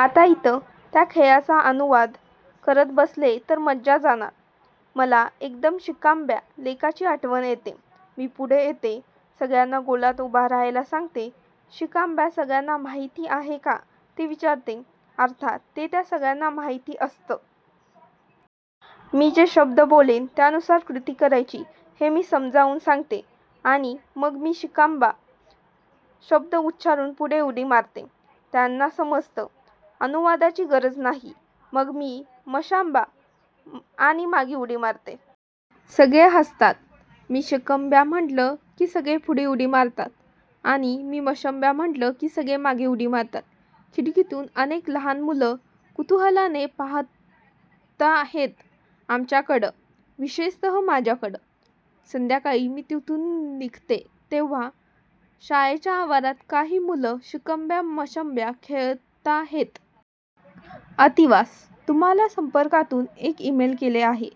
आता इथं त्या खेळाचा अनुवाद करत बसले तर मजा जाणार. मला एकदम शिकाम्बा लेकची आठवण येते. मी पुढं येते. सगळ्यांना गोलात उभे राहायला सांगते. शिकाम्बा सगळ्यांना माहिती आहे का, ते विचारते, अर्थात ते त्या सगळ्यांना माहिती असतं. मी जे शब्द बोलेन त्यानुसार कृती करायची हे मी समजावून सांगते आणि मग मी शिकाम्बा शब्द उच्चारून पुढे उडी मारते. त्यांना समजतं, अनुवादाची गरज नाही. मग मी म्हणते मशाम्बा आणि मागे उडी मारते. सगळे हसतात. मी शिकाम्बा म्हटलं की सगळे पुढे उडी मारतात आणि मी मशाम्बा म्हटलं की सगळे मागे उडी मारतात. खिडकीतून अनेक लहान मुलं कुतूहलाने पाहताहेत आमच्याकडं, विशेषत: माझ्याकडं. संध्याकाळी मी तिथून निघते तेव्हा शाळेचा आवारात काही मुलं शिकाम्बा मशाम्बा खेळताहेत. आतिवास, तुम्हाला संपर्कातून एक ईमेल केलं आहे.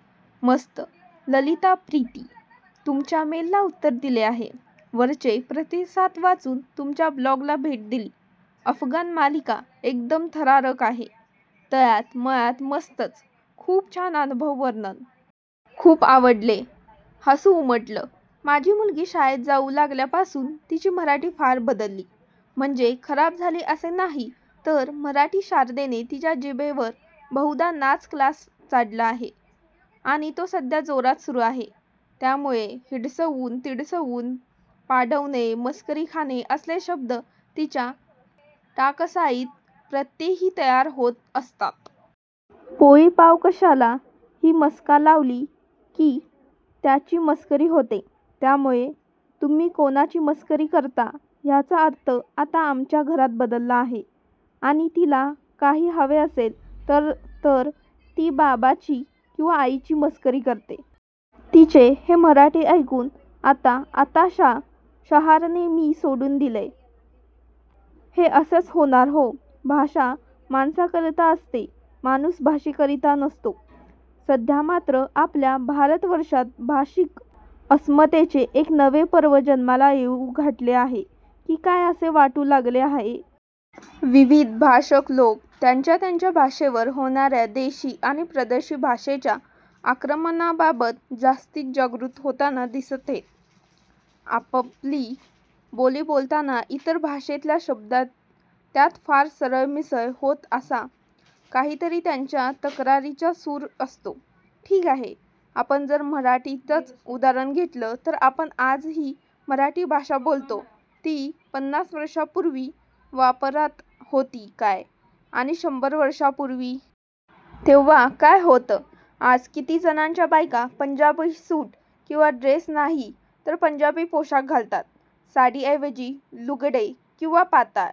मस्त. ललिता प्रीति, तुमच्या मेलला उत्तर दिले आहे. वरचे प्रतिसाद वाचून तुमच्या ब्लॉगला भेट दिली. अफगाण मालिका एकदम थरारक आहे. तळ्यात मळ्यात मस्तच, खूपच छान अनुभव वर्णन. खूप आवडले. हसू उमटलं. माझी मुलगी शाळेत जाऊ लागल्या पासून तिची मराठी फार बदलली. म्हणजे खराब झाली असे नाही तर मराठी शारदेने तिच्या जिभेवर बहुधा नाच क्लास काढला आहे आणि तो सध्या जोरात सुरू आहे, त्यामुळे हिडसवून तिडसवून, पाडवणे, मस्करी खाणे असले शब्द तिच्या टाकसाळीत प्रत्यही तयार होत असतात. पोळी पाव कशाला ही मस्का लावला की त्याची मस्करी होते, त्यामुळे तुम्ही कुणाची मस्करी करता ह्याचा अर्थ आता आमच्या घरात बदलला आहे आणि तिला काही हवे असेल तर तर ती बाबाची किंवा आईची मस्करी करते. तिचे हे मराठी ऐकून आता आताशा शहारणे मी सोडून दिलेय. हे असेच होणार हो. भाषा माणसाकरता असते, माणूस भाषेकरता नाही. सध्या मात्र आपल्या भारतवर्षात भाषिक अस्मितेचे एक नवे पर्व जन्माला येऊ घातले आहे की काय असे वाटू लागले आहे. विविध भाषक लोक त्यांच्या त्यांच्या भाषांवर होणाऱ्या देशी आणि परदेशी भाषांच्या आक्रमणाबाबत जास्तच जागरूक होताना दिसताहेत. आपापली बोली बोलताना इतर भाषेतल्या शब्दांची त्यात फार सरमिसळ होते असा काहीतरी त्यांच्या तक्रारीचा सूर असतो. ठीक आहे, आपण जर मराठीचेच उदाहरण घेतले तर आपण आज जी मराठी भाषा बोलतो ती पन्नास वर्षांपूर्वी वापरात होती काय आणि शंभर वर्षांपूर्वी? तेव्हा काय होतं? आज किती जणांच्या बायका पंजाबी सूट किंवा ड्रेस नाही तर पंजाबी पोशाख घालतात. साडी ऐवजी लुगडे किंवा पातळ